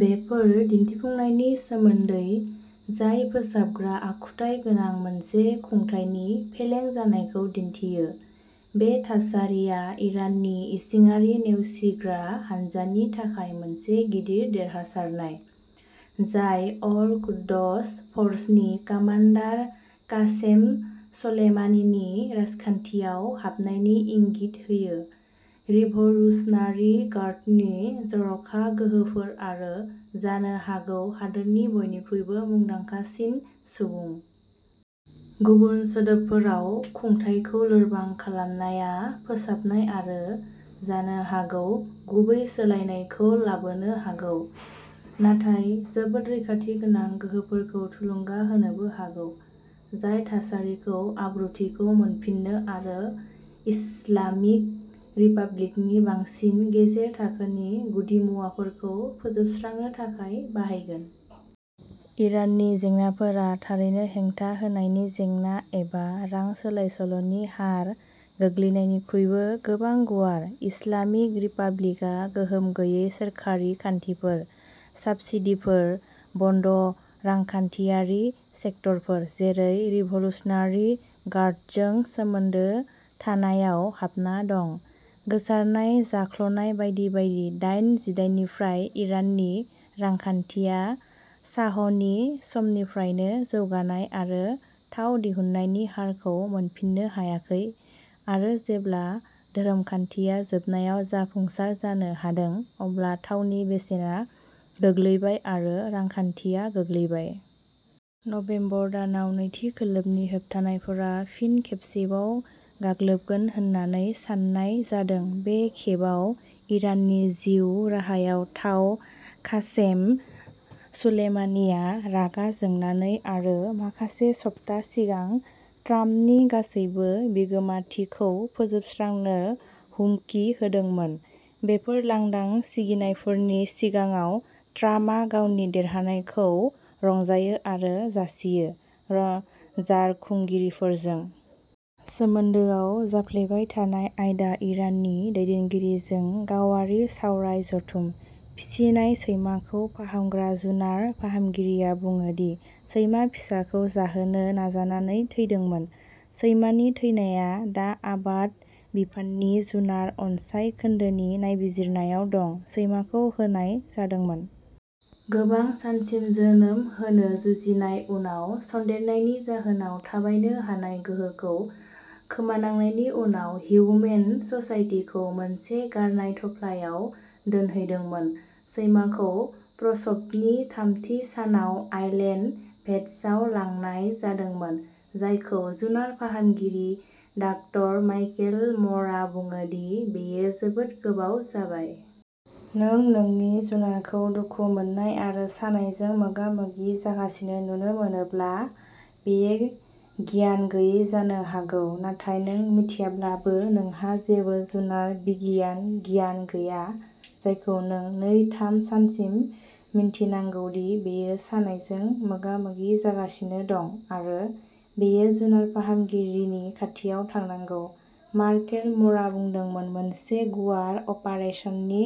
बेफोर दिन्थिफुंनायनि सोमोन्दै जाय फोसाबग्रा आखुथाय गोनां मोनसे खुंथायनि फेलें जानायखौ दिन्थियो। बे थासारिया इराननि इसिङारि नेवसिग्रा हान्जानि थाखाय मोनसे गिदिर देरहासारनाय। जाय अल-कुद्स फर्सनि कामान्डार कासेम स'लेमानिनि राजखान्थियाव हाबनायनि इंगित होयो। रिभलुशनारि गार्डसनि जर'खा गोहोफोर आरो जानो हागौ हादोरनि बयनिख्रुइबो मुंदांखासिन सुबुं। गुबुन सोदोबफोराव खुंथायखौ लोरबां खालामनाया फोसाबनाय आरो जानो हागौ गुबै सोलायनायखौ लाबोनो हागौ। नाथाय जोबोद रैखाथि गोनां गोहोफोरखौ थुलुंगा होनोबो हागौ, जाय थासारिखौ आब्रुथिखौ मोनफिननो आरो इस्लामिक रिपाब्लिकनि बांसिन गेजेर थाखोनि गुदिमुवाफोरखौ फोजोबस्रांनो थाखाय बाहायगोन। इराननि जेंनाफोरा थारैनो हेंथा होनायनि जेंना एबा रां सोलायसोल'नि हार गोग्लैनायनिख्रुइबो गोबां गुवार। इस्लामिक रिपाब्लिकआ गोहोम गैयै सोरखारि खान्थिफोर, साब्सिडीफोर, बन्द' रांखान्थियारि सेक्टरफोर, जेरै रिभलुशनारि गार्डसजों सोमोन्दो थानाय, आव हाबना दं। गोसारनाय जाख्लनाय बायदि बायदि दाइन जिथाइनिफ्राय इराननि रांखान्थिया शाहनि समनिफ्रायनो जौगानाय आरो थाव दिहुन्नायनि हारखौ मोनफिननो हायाखै आरो जेब्ला धोरोमखान्थिया जोबनायाव जाफुंसार जानो हादों अब्ला थावनि बेसेना गोग्लैबाय आरो रांखान्थिया गोग्लैबाय। नबेम्बर दानाव नैथि खोलोबनि होबथानायफोरा फिन खेबसेबाव गाग्लोबगोन होननानै साननाय जादों। बे खेबाव इराननि जिउ राहायाव थाव। कासेम सुलेमानीआ रागा जोंनानै आरो माखासे सप्ताह सिगां "ट्राम्पनि गासैबो बिगोमाथि" खौ फोजोबस्रांनो हुमखि होदोंमोन। बेफोर लांदां सिगिनायफोरनि सिगाङाव ट्राम्पआ गावनि देरहानायखौ रंजायो आरो जासियो। जारखुंगिरिफोरजों सोमोन्दोआव जाफ्लेबाय थानाय आयदा इराननि दैदेनगिरिजों गावारि सावराय जथुम। फिसिनाय सैमाखौ फाहामग्रा जुनार फाहामगिरिया बुङो दि सैमा फिसाखौ जाहोनो नाजानानै थैदोंमोन। सैमानि थैनाया दा आबाद बिफाननि जुनार अनसाइ खोन्दोनि नायबिजिरनायाव दं। सैमाखौ होनाय जादोंमोन। गोबां सानसिम जोनोम होनो जुजिनाय उनाव सन्देरनायनि जाहोनाव थाबायनो हानाय गोहोखौ खोमानांनायनि उनाव हिउमेन ससाइटिखौ मोनसे गारनाय थफ्लायाव दोनहैदोंमोन। सैमाखौ प्रसबनि थामथि सानाव आइलेन्ड भेटसआव लांनाय जादोंमोन, जायखौ जुनार फाहामगिरि डाक्टर मायकेल म'रा बुङो दि बेयो जोबोद गोबाव जाबाय। नों नोंनि जुनारखौ दुखु मोननाय आरो सानायजों मोगा-मोगि जागासिनो नुनो मोनोब्ला बेयो गियान गैयै जानो हागौ नाथाय नों मिथियाब्लाबो नोंहा जेबो जुनार बिगियान गियान गैया जायखौ नों नै थाम सानसिम मिन्थिनांगौ दि बेयो सानायजों मोगा-मोगि जागासिनो दं आरो बेयो जुनार फाहामगिरिनि खाथियाव थांनांगौ। मार्केल म'रा बुंदोंमोन मोनसे गुवार अपारेसननि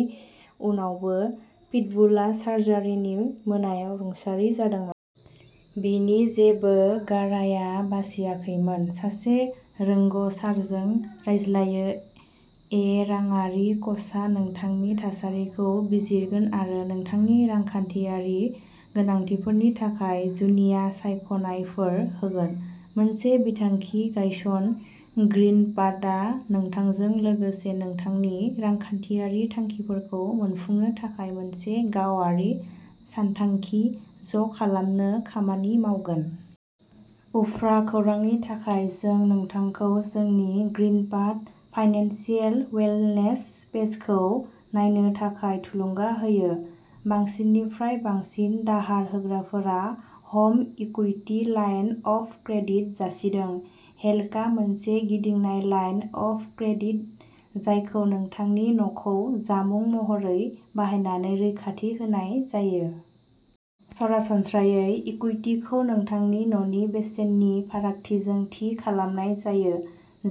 उनावबो पिटबुलआ सार्जारिनि मोनायाव रुंसारि जादोंमोन। बिनि जेबो गारायआ बासियाखैमोन। सासे रोंग'सारजों रायज्लायो ए राङारि क'चआ नोंथांनि थासारिखौ बिजिरगोन आरो नोंथांनि रांखान्थियारि गोनांथिफोरनि थाखाय जुनिया सायख'नायफोर होगोन। मोनसे बिथांखि गायसन ग्रीनपाथआ नोंथांजों लोगोसे नोंथांनि रांखान्थियारि थांखिफोरखौ मोनफुंनो थाखाय मोनसे गावारि सानथांखि ज'खालामनो खामानि मावगोन। उफ्रा खौरांनि थाखाय जों नोंथांखौ जोंनि ग्रीनपाथ फाइनेन्सियेल वेलनेस पेजखौ नायनो थाखाय थुलुंगा होयो। बांसिननिफ्राय बांसिन दाहार होग्राफोरा home equity line of credit जासिदों। हेलकआ मोनसे गिदिंनाय लाइन अफ क्रेडिट जायखौ नोंथांनि न'खौ जामुं महरै बाहायनानै रैखाथि होनाय जायो। सरासनस्रायै इकुइटिखौ नोंथांनि न'नि बेसेननि फारागथिजों थि खालामनाय जायो,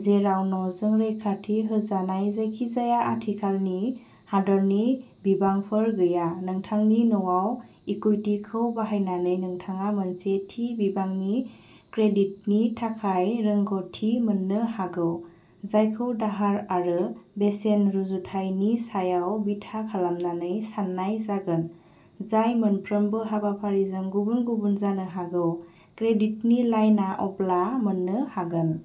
जेराव न'जों रैखाथि होजानाय जायखिजाया आथिखालनि दाहारनि बिबांफोर गैया। नोंथांनि न'आव इकुइटिखौ बाहायनानै नोंथाङा मोनसे थि बिबांनि क्रेडिटनि थाखाय रोंग'थि मोननो हागौ। जायखौ दाहार आरो बेसेन रुजुथायनि सायाव बिथा खालामनानै सान्नाय जागोन जाय मोनफ्रोमबो हाबाफारिजों गुबुन-गुबुन जानो हागौ। क्रेडिटनि लाइनआ अब्ला मोन्नो हागोन।